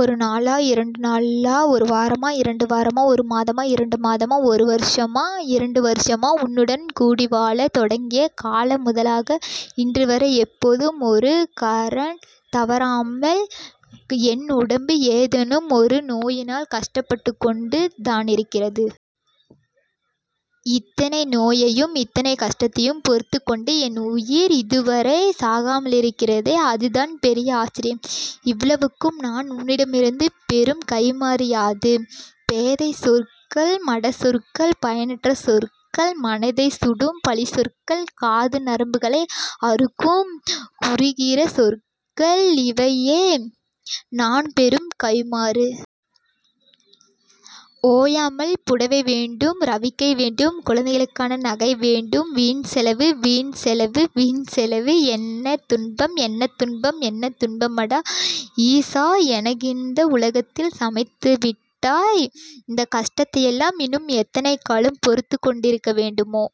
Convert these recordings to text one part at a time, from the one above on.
ஒரு நாளா, இரண்டு நாளா, ஒரு வாரமா, இரண்டு வாரமா, ஒரு மாதமா, இரண்டு மாதமா, ஒரு வருஷமா, இரண்டு வருஷமா, உன்னுடன் கூடி வாழத் தொடங்கிய கால முதலாக இன்றுவரை எப்போதும், ஒரு கணந் தவறாமல் என் உடம்பு ஏதேனம் ஒரு நோயினால் கஷ்டப்பட்டுக் கொண்டு தானிருக்கிறது. இத்தனை நோயையும் இத்தனை கஷ்டத்தையும் பொறுத்துக்கொண்டு என் உயிர் இதுவரை சாகாமலிருக்கிறதே, அதுதான் பெரிய ஆச்சரியம். இவ்வளவுக்கும் நான் உன்னிடமிருந்து பெறும் கைம்மாறு யாது? பேதைச் சொற்கள், மடச்சொற்கள், பயனற்ற சொற்கள், மனதைச் சுடும் பழிச் சொற்கள், காது நரம்புகளை அறுக்கும் குரூநிரச் சொற்கள், இவையே நான் பெறும் கைம்மாறு. ஓயாமல் 'புடவை வேண்டும்', 'ரவிக்கை வேண்டும்', 'குழந்தைகளுக்கு நகைகள் வேண்டும்',- வீண் செலவு! வீண் செலவு! வீண் செலவு! என்ன துன்பம், என்ன துன்பம்! என்ன துன்பமடா, ஈசா! எனக்கிந்த உலகத்தில் சமைத்து விட்டாய்! இந்தக் கஷ்டத்தையெல்லாம் இன்னும் எத்தனை காலம் பொறுத்துக் கொண்டிருக்க வேண்டுமோ?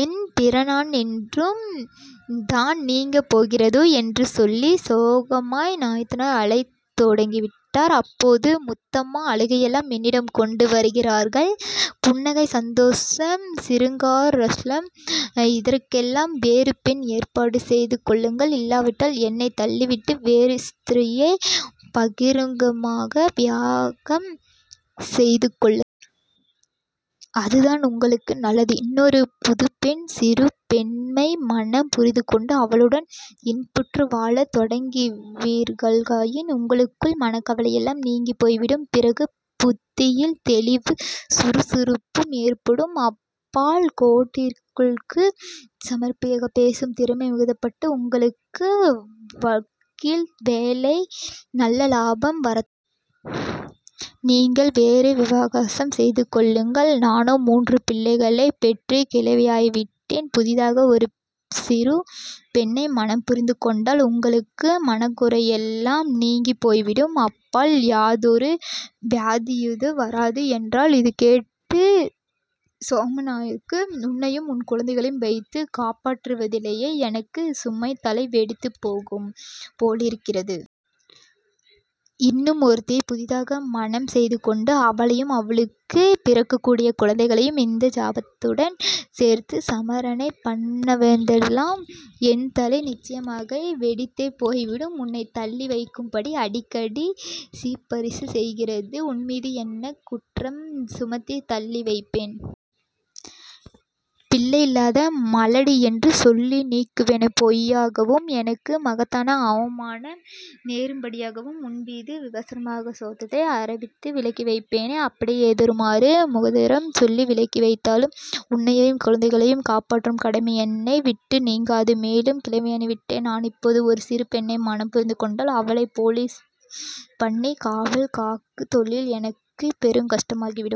என் பிராணன் என்றுதான் நீங்கப் போகிறதோ? '' என்று சொல்லி சோமநாதய்யர் அழத் தொடங்கிவிட்டார். அப்போது முத்தம்மா:- ''அழுகையெல்லாம் என்னிடம் கொண்டு வருகிறார்கள். புன்னகை, சந்தோஷம், சிருங்கார ரஸம் இதற்கெல்லாம் வேறு பெண் ஏற்பாடு செய்துகொள்ளுங்கள். இல்லாவிட்டால் என்னைத் தள்ளிவிட்டு வேறு ஸ்திரீயை பகிரங்கமாக விவாகம் செய்துகொள்ளுங்கள். அதுதான் உங்களுக்கு நல்லது. இன்னொரு புதுப்பெண்-சிறு பெண்ணை மணம் புரிந்துகொண்டு அவளுடன் இன்புற்று வாழத் தொடங்குவீர்களாயின் உங்களுக்குள்ள மனக்கவலையெல்லாம் நீங்கிப் போய்விடும். பிறகு புத்தியில் தெளிவும் சுறுசுறுப்பும் ஏற்படும். அப்பால் கோர்ட்டில் சாமர்த்தியமாகப் பேசும் திறமை மிகுதிப்பட்டு, உங்களுக்கு வக்கீல் வேலையில் நல்ல லாபம் வரத் தொடங்கும். நீங்கள் வேறு விவாகம் செய்து கொள்ளுங்கள். நானோ மூன்றுப் பிள்ளைகளைப் பெற்றுக் கிழவியாய் விட்டேன். புதிதாக ஒரு சிறு பெண்ணை மணம் புரிந்து கொண்டால் உங்களுக்கு மனக்குறையெல்லாம் நீங்கிப் போய்விடும். அப்பால் யாதொரு வியாதியும் வராது'' என்றாள். இது கேட்டு சோமநாயனருக்கு:- ''உன்னையும் உன் குழந்தைகளையும் வைத்துக் காப்பாற்றுவதிலேயே எனக்குச் சுமை தலை வெடித்துப் போகும் போலிருக்கிறது. இன்னும் ஒருத்தியைப் புதிதாக மணஞ் செய்து கொண்டு அவளையும் அவளுக்குப் பிறக்கக்கூடிய குழந்தைகளையும் இந்த ஜாபதுடன் சேர்த்து சமர ணை பண்ணுவதென்றால் என் தலை நிச்சயமாக வெடித்தே போய்விடும். உன்னைத் தள்ளி வைக்கும்படி அடிக்கடி சிபரிசு செய்கிறாய். உன்மீது என்ன குற்றஞ் சுமத்தித் தள்ளி வைப்பேன்? பிள்ளையில்லாத மலடியென்று சொல்லி நீக்குவேனா? பொய்யாகவும், எனக்கு மகத்தான அவமானம் நேரும்படியாகவும் உன்மீது விபசார தோஷத்தை ஆரபித்து விலக்கி வைப்பேனா? அப்படியே ஏதேனுமொரு முகாந்தரம் சொல்லி விலக்கி வைத்தாலும் உன்னையும் குழந்தைகளையும் காப்பாற்றும் கடமை என்னை விட்டு நீங்காது. மேலும் கிழவனாய்விட்ட நான் இப்போது ஒரு சிறு பெண்ணை மணம் புரிந்து கொண்டால் அவளைப் போலீஸ் பண்ணிக் காவல் காக்குந் தொழில் எனக்குப் பெருங் கஷ்டமாகிவிடும்.